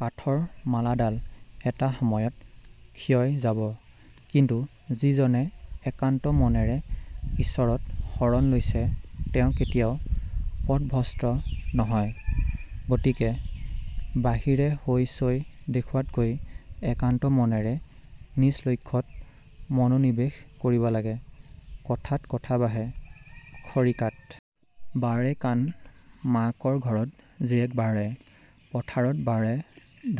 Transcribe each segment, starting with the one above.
কাঠৰ মালাডাল এটা সময়ত ক্ষয় যাব, কিন্তু যিজনে একান্ত মনেৰে ঈশ্বৰত শৰণ লৈছে তেওঁ কেতিয়াও পথভ্ৰষ্ট নহয়। গতিকে বাহিৰে হৈ চৈ দেখুওৱাতকৈ একান্ত মনেৰে নিজ লক্ষ্যত মনোনিবেশ কৰিব লাগে। কথাত কথা বাঢ়ে, খৰিকাত বাঢ়ে কাণ, মাকৰ ঘৰত জীয়েক বাঢ়ে, পথাৰত বাঢ়ে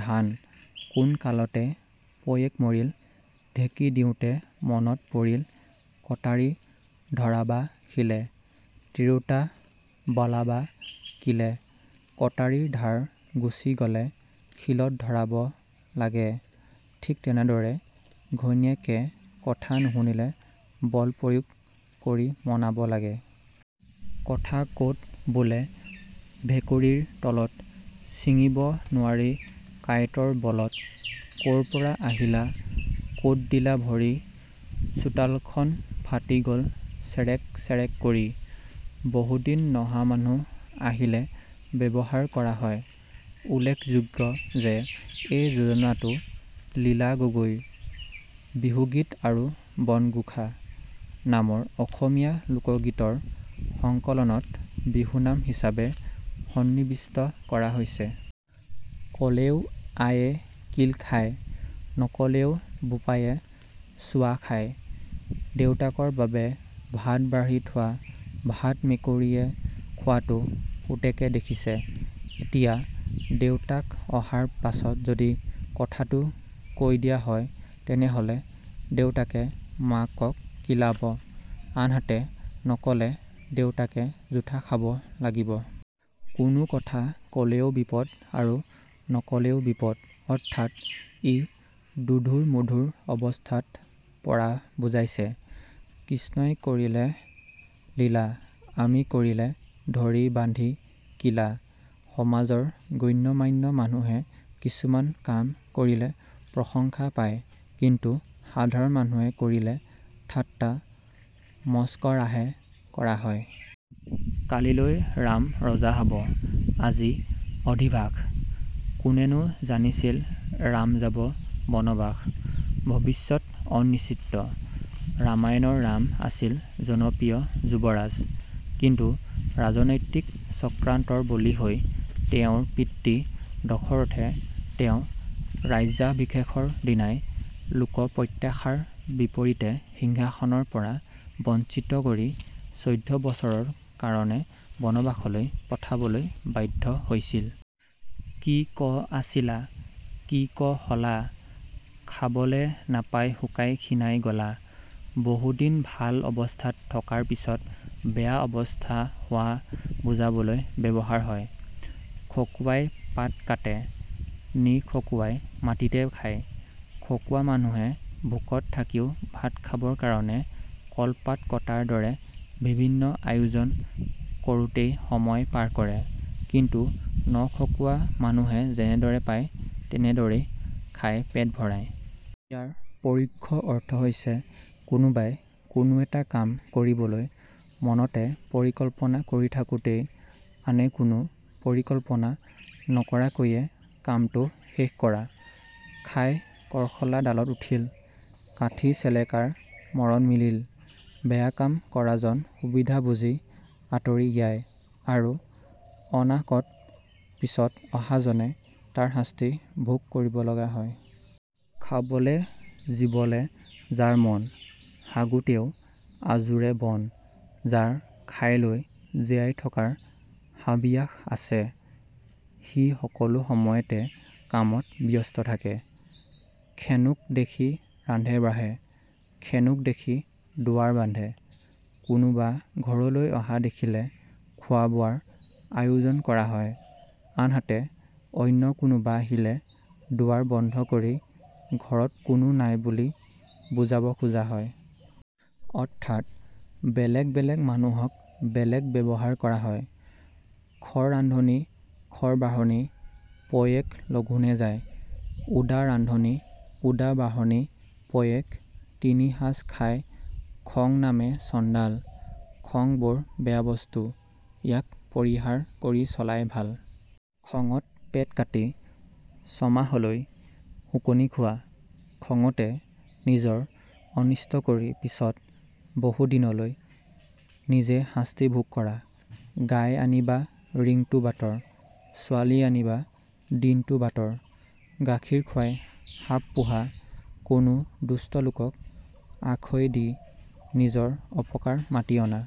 ধান কোন কালতে পৈয়েক মৰিল, ঢেঁকী দিওঁতে মনত পৰিল কটাৰী ধৰাবা শিলে, তিৰোতা বলাবা কিলে: কটাৰীৰ ধাৰ গুচি গলে শিলত ধৰাব লাগে, ঠিক তেনেদৰে ঘৈণীয়েকে কথা নুশুনিলে বল প্ৰয়োগ কৰি মনাব লাগে। কথা ক'ত বোলে ভেকুৰিৰ তলত, চিঙিব নোৱাৰি কাঁইটৰ বলত ক'ৰ পৰা আহিলা ক'ত দিলা ভৰি, চোতালখন ফাটি গল চেৰেক চেৰেক কৰি: বহুদিন নহা মানুহ আহিলে ব্যৱহাৰ কৰা হয়। উল্লেখযোগ্য যে এই যোজনাটো লীলা গগৈ ৰ " বিহুগীত আৰু বনঘোষা " নামৰ অসমীয়া লোকগীত ৰ সংকলনত বিহুনাম হিচাবে সন্নিবিষ্ট কৰা হৈছে। ক'লেও আয়ে কিল খায়, নক'লেও বোপায়ে ছুৱা খায়: দেউতাকৰ বাবে ভাত বাঢ়ি থোৱা ভাত মেকুৰীয়ে খোৱাটো পুতেকে দেখিছে, এতিয়া দেউতাক অহাৰ পাছত যদি কথাতো কৈ দিয়া হয় তেনেহলে দেউতাকে মাকক কিলাব, আনহাতে নকলে দেউতাকে জুঠা খাব লাগিব। কোনো কথা ক'লেও বিপদ আৰু নকলেও বিপদ অৰ্থাৎ ই দোধোৰ মোধোৰ অৱস্থাত পৰা বুজাইছে। কৃষ্ণই কৰিলে লীলা, আমি কৰিলে ধৰি বান্ধি কিলা: সমাজৰ গণ্য-মান্য মানুহে কিছুমান কাম কৰিলে প্ৰশংসা পায়, কিন্তু সাধাৰণ মানুহে কৰিলে ঠাট্টা মস্কৰাহে কৰা হয়। কালিলৈ ৰাম ৰজা হ'ব আজি অধিবাস, কোনেনো জানিছিল ৰাম যাব বনবাস: ভৱিষ্যত অনিশ্চিত। ৰামায়ণ ৰ ৰাম আছিল জনপ্ৰিয় যুৱৰাজ। কিন্তু ৰাজনৈতিক চক্ৰান্তৰ বলি হৈ তেওঁৰ পিতৃ দশৰথে তেওঁৰ ৰাজ্যাভিষেকৰ দিনাই লোকপ্ৰত্যাশাৰ বিপৰীতে সিংহাসনৰ পৰা বঞ্চিত কৰি চৌধ্য বছৰৰ কাৰণে বনবাসলৈ পঠাবলৈ বাধ্য হৈছিল। কি ক আছিলা, কি ক হ'লা, খাবলে নাপাই শুকাই খীণাই গ'লা: বহুদিন ভাল অবস্থাত থকাৰ পিছত বেয়া অৱস্থা হোৱা বুজাবলৈ ব্যৱহাৰ হয়। খকুৱাই পাত কাতে, নিখকুৱাই মাটিতে খায়: খঁকুৱা মানুহে ভোকত থাকিও ভাত খাবৰ কাৰণে কলপাত কটাৰ দৰে বিভিন্ন আয়োজন কৰোঁতেই সময় পাৰ কৰে, কিন্তু নখঁকুৱা মানুহে যেনেদৰে পায় তেনেদৰেই খাই পেট ভৰায়। ইয়াৰ পৰোক্ষ অৰ্থ হৈছে- "কোনোবাই কোনো এটা কাম কৰিবলৈ মনতে পৰিকল্পনা কৰি থাকোঁতেই আনে কোনো পৰিকল্পনা নকৰাকৈয়ে কামটো শেষ কৰা। " খাই কৰ্শলা ডালত উঠিল, কাঠি চেলেকাৰ মৰণ মিলিল: বেয়া কাম কৰাজন সুবিধা বুজি আঁতৰি য়ায় আৰু অনাহকত পিছত অহাজনে তাৰ শাস্তি ভোগ কৰিব লগা হয়। খাবলে জীৱলে যাৰ মন, হাগোতেও আজোৰে বন: যাৰ খাই লৈ জীয়াই থকাৰ হাবিয়াস আছে, সি সকলো সময়তে কামত ব্যস্ত থাকে। খেনোক দেখি ৰান্ধে-বাঢ়ে, খেনোক দেখি দুৱাৰ বান্ধে: কোনোবা ঘৰলৈ অহা দেখিলে খোৱা-বোৱাৰ আয়োজন কৰা হয়, আনহাতে অন্য কোনোবা আহিলে দুৱাৰ বন্ধ কৰি ঘৰত কোনো নাই বুলি বুজাব খোজা হয়। অৰ্থাৎ বেলেগ বেলেগ মানুহক বেলেগ ব্যৱহাৰ কৰা হয়। খৰ ৰান্ধনী খৰ বাঢ়নী পৈয়েক লঘোনে যায়, উদা ৰান্ধনী উদা বাঢ়নী পৈয়েক তিনি সাজ খায় খং নামে চণ্ডাল: খং বৰ বেয়া বস্তু, ইয়াক পৰিহাৰ কৰি চলাই ভাল। খঙত পেট কাটি ছমাহলৈ শুকনি খোৱা: খঙতে নিজৰ অনিষ্ট কৰি পিছত বহুদিনলৈ নিজে শাস্তি ভোগ কৰা। গাই আনিবা ৰিংটো বাটৰ, ছোৱালী আনিবা দিনটো বাটৰ। গাখীৰ খুৱাই সাপ পোহা: কোনো দুষ্ট লোকক আসৈ দি নিজৰ অপকাৰ মাতি অনা।